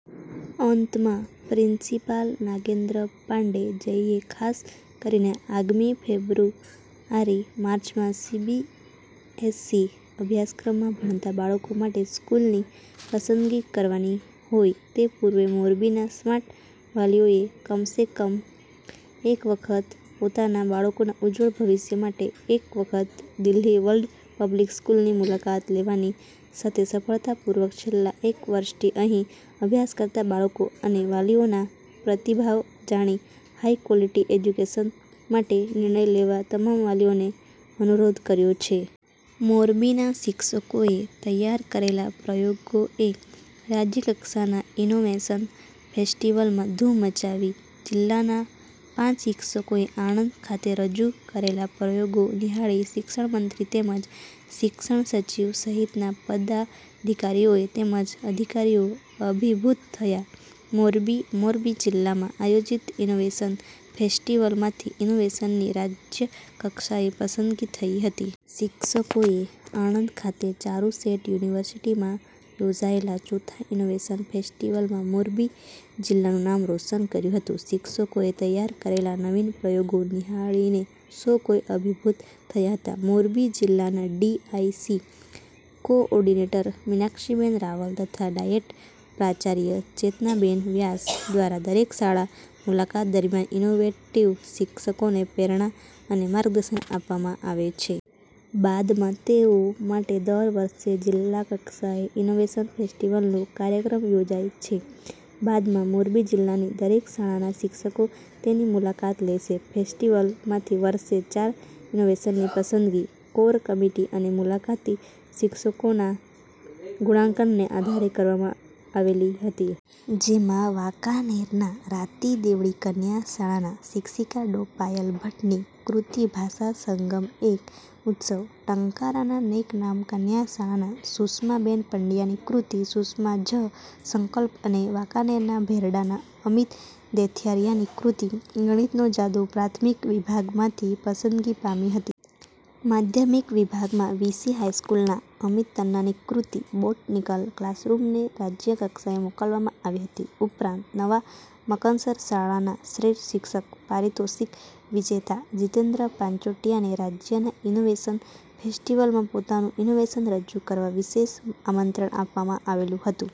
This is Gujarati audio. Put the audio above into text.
અંતમાં પ્રિન્સિપાલ નાગેન્દ્ર પાંડેજઈએ ખાસ કરીને આગામી ફેબ્રુઆરીમાર્ચમા સીબીએસસી અભ્યાસક્રમમાં ભણતા બાળકો માટે સ્કૂલની પસંદગી કરવાની હોય તે પૂર્વે મોરબીના સ્માર્ટ વાલીઓએ કમસેકમ એક વખત પોતાના બાળકોના ઉજ્જવળ ભવિષ્ય માટે એક વખત દિલ્હી વર્લ્ડ પબ્લિક સ્કૂલની મુલાકાત લેવાની સાથે સફળતા પૂર્વક છેલ્લા એક વર્ષથી અહીં અભ્યાસ કરતા બાળકો અને વાલીઓના પ્રતિભાવ જાણી હાઇક્વોલિટી એજ્યુકેશન માટે નિર્ણય લેવા તમામ વાલીઓને અનુરોધ કર્યો છે. મોરબીના શિક્ષકોએ તૈયાર કરેલા પ્રયોગોએ રાજયકક્ષાના ઇનોવેશન ફેસ્ટિવલમાં ધૂમ મચાવી જિલ્લાના પાંચ શિક્ષકોએ આણંદ ખાતે રજૂ કરેલા પ્રયોગો નિહાળી શિક્ષણમંત્રી તેમજ શિક્ષણસચિવ સહિતના પદાધિકારીઓ તેમજ અધિકારીઓ અભિભૂત થયા મોરબી મોરબી જીલ્લામાં આયોજિત ઇનોવેશન ફેસ્ટીવલમાંથીઇનોવેશનની રાજ્ય કક્ષાએ પસંદગી થઇ હતી. શિક્ષકોએ આણંદ ખાતે ચારુસેટ યુનિવર્સીટીમાં યોજાયેલા ચોથા ઇનોવેશન ફેસ્ટીવલમાં મોરબી જીલ્લાનું નામ રોશન કર્યું હતું. શિક્ષકોએ તૈયાર કરેલાનવીન પ્રયોગો નિહાળીને સૌ કોઈ અભિભૂત થયા હતા. મોરબી જીલ્લાના D I C coordinator Meenakshiben Raval તથા ડાયેટ પ્રાચાર્ય ચેતનાબેન વ્યાસ દ્વારા દરેક શાળા મુલાકાત દરમિયાન ઇનોવેટીવ શિક્ષકોને પ્રેરણા અને માર્ગદર્શન આપવામાં આવે છે. બાદમાં તેઓ માટે દર વર્ષે જીલ્લા કક્ષાએ ઇનોવેશન ફેસ્ટિવલનો કાર્યક્રમ યોજાય છે. બાદમાં મોરબી જીલ્લાની દરેક શાળાના શિક્ષકો તેની મુલાકાત લે છે. ફેસ્ટીવલમાંથીવર્ષે ચાર ઇનોવેશનની પસંદગી, કોર કમિટી અને મુલાકાતી શિક્ષકોના ગુણાંકનને આધારે કરવામાં આવેલી હતી. જેમાં વાંકાનેરના રાતીદેવળી કન્યા શાળાના શિક્ષિકા ડૉ. પાયલ ભટ્ટની કૃતિ ભાષા સંગમએક ઉત્સવ, ટંકારાના નેકનામ કન્યા શાળાના સુષ્માબેન પડયાની કૃતિ 'સુષ્મા'ઝ સંકલ્પ' અને વાંકાનેરના ભેરડાના અમિત દેથારિયાની કૃતિ 'ગણિતનો જાદુ' પ્રાથમિક વિભાગમાંથી પસંદગી પામી હતી. માધ્યમિક વિભાગમાં વી. સી. હાઇસ્કુલના અમિત તન્નાની કૃતિ બોટનીકલ ક્લાસરૂમને રાજય કક્ષાએ મોકલવામાં આવી હતી. ઉપરાંત નવા મકનસર શાળાના શ્રેષ્ઠ શિક્ષક પારિતોષિક વિજેતા જીતેન્દ્ર પાંચોટિયાને રાજ્યના ઇનોવેશન ફેસ્ટીવલમાં પોતાનું ઇનોવેશન રજુ કરવા વિશેષ આમંત્રણ આપવામાં આવેલું હતું.